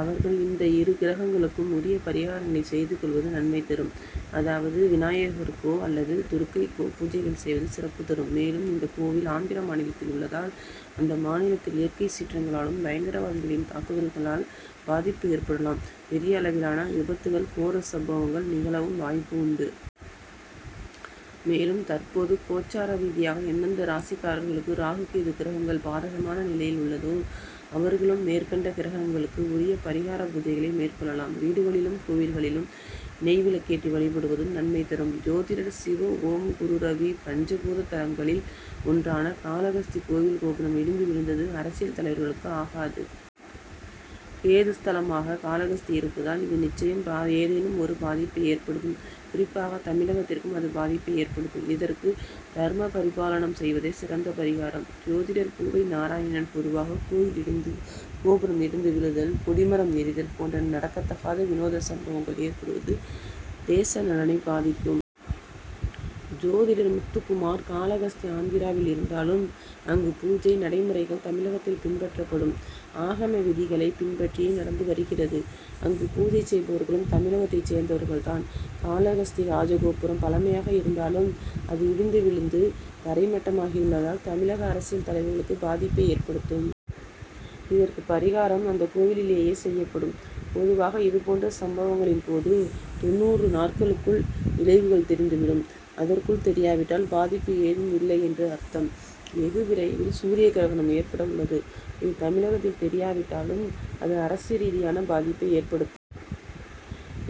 அவர்கள் இந்த இரு கிரகங்களுக்கும் உரிய பரிகாரங்களை செய்து கொள்வது நன்மை தரும். அதாவது, விநாயகருக்கோ அல்லது துர்கைக்கோ பூஜைகள் செய்வது சிறப்பு தரும். மேலும், இந்தக் கோவில் ஆந்திர மாநிலத்தில் உள்ளதால், அந்த மாநிலத்தில் இயற்கை சீற்றங்களாலும், பயங்கரவாதிகளின் தாக்குதல்களால் பாதிப்பு ஏற்படலாம். பெரிய அளவிலான விபத்துகள், கோர சம்பவங்கள் நிகழவும் வாய்ப்பு உண்டு. மேலும், தற்போது கோச்சார ரீதியாக, எந்தெந்த ராசிக்காரர்களுக்கு ராகு, கேதுகிரகங்கள் பாதகமான நிலையில் உள்ளதோ, அவர்களும் மேற்கண்ட கிரகங்களுக்கு உரிய பரிகார பூஜைகளை மேற்கொள்ளலாம். வீடுகளிலும், கோவில்களிலும் நெய் விளக்கேற்றி வழிபடுவதும் நன்மை தரும். ஜோதிடர் சிவஓம்குருரவி பஞ்சபூததலங்களில் ஒன்றான காளஹஸ்தி கோவில் கோபுரம் இடிந்து விழுந்தது, அரசியல் தலைவர்களுக்கு ஆகாது. கேது ஸ்தலமாக காளஹஸ்தி இருப்பதால், இது நிச்சயம் ஏதேனும் ஒரு பாதிப்பை ஏற்படுத்தும். குறிப்பாக, தமிழகத்திற்கும் அது பாதிப்பை ஏற்படுத்தும். இதற்கு தர்மபரிபாலனம் செய்வதே சிறந்த பரிகாரம். ஜோதிடர் பூவை நாராயணன் பொதுவாக கோவில் கோபுரம் இடிந்து விழுதல், கொடிமரம் எரிதல் போன்ற நடக்கதகாத, வினோத சம்பவங்கள் ஏற்படுவது தேசநலனை பாதிக்கும். ஜோதிடர் முத்துகுமார் காளஹஸ்தி ஆந்திராவில் இருந்தாலும், அங்கு பூஜை நடைமுறைகள் தமிழகத்தில் பின்பற்றப்படும் ஆகம விதிகளை பின்பற்றியே நடந்து வருகிறது. அங்கு பூஜை செய்பவர்களும் தமிழகத்தைச் சேர்ந்தவர்கள் தான். காளஹஸ்தி ராஜகோபுரம் பழமையானதாக இருந்தாலும், அது இடிந்து விழுந்து தரை மட்டமாகியுள்ளதால் தமிழக அரசியல் தலைவர்களுக்கு பாதிப்பை ஏற்படுத்தும். இதற்கு பரிகாரம் அந்த கோவிலிலேயே செய்யப்படும். பொதுவாக இது போன்ற சம்பவங்களின் போது தொண்ணூறு நாட்களுக்குள் விளைவுகள் தெரிந்துவிடும். அதற்குள் தெரியாவிட்டால் பாதிப்பு ஏதும் இல்லை என்று அர்த்தம். வெகு விரைவில் சூரிய கிரகணம் ஏற்படஉள்ளது. இது தமிழகத்தில் தெரியாவிட்டாலும், அது அரசு ரீதியான பாதிப்பை ஏற்படுத்தும்.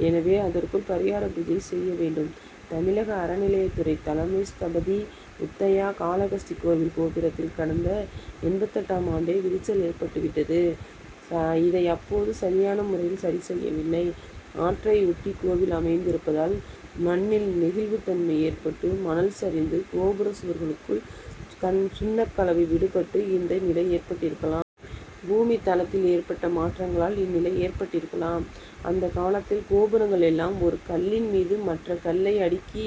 எனவே, அதற்குள் பரிகார பூஜையை செய்ய வேண்டும். தமிழக அறநிலையத்துறை தலைமை ஸ்தபதி முத்தையா காளஹஸ்தி கோவில் கோபுரத்தில், கடந்த எண்பத்தெட்டாம் ஆண்டே விரிசல் ஏற்பட்டு விட்டது. இதை அப்போது சரியான முறையில் சரிசெய்யவில்லை. ஆற்றை ஒட்டி கோவில் அமைந்திருப்பதால், மண்ணில் நெகிழ்வு தன்மை ஏற்பட்டு, மணல் சரிந்து, கோபுர சுவர்களுக்குள் கண்சுண்ணக் கலவை விடுபட்டு இந்த நிலை ஏற்பட்டிருக்கலாம். பூமி தளத்தில் ஏற்பட்ட மாற்றங்களால் இந்நிலை ஏற்பட்டிருக்கலாம். அந்த காலத்தில் கோபுரங்கள் எல்லாம் ஒரு கல்லின் மீது மற்ற கல்லை அடுக்கி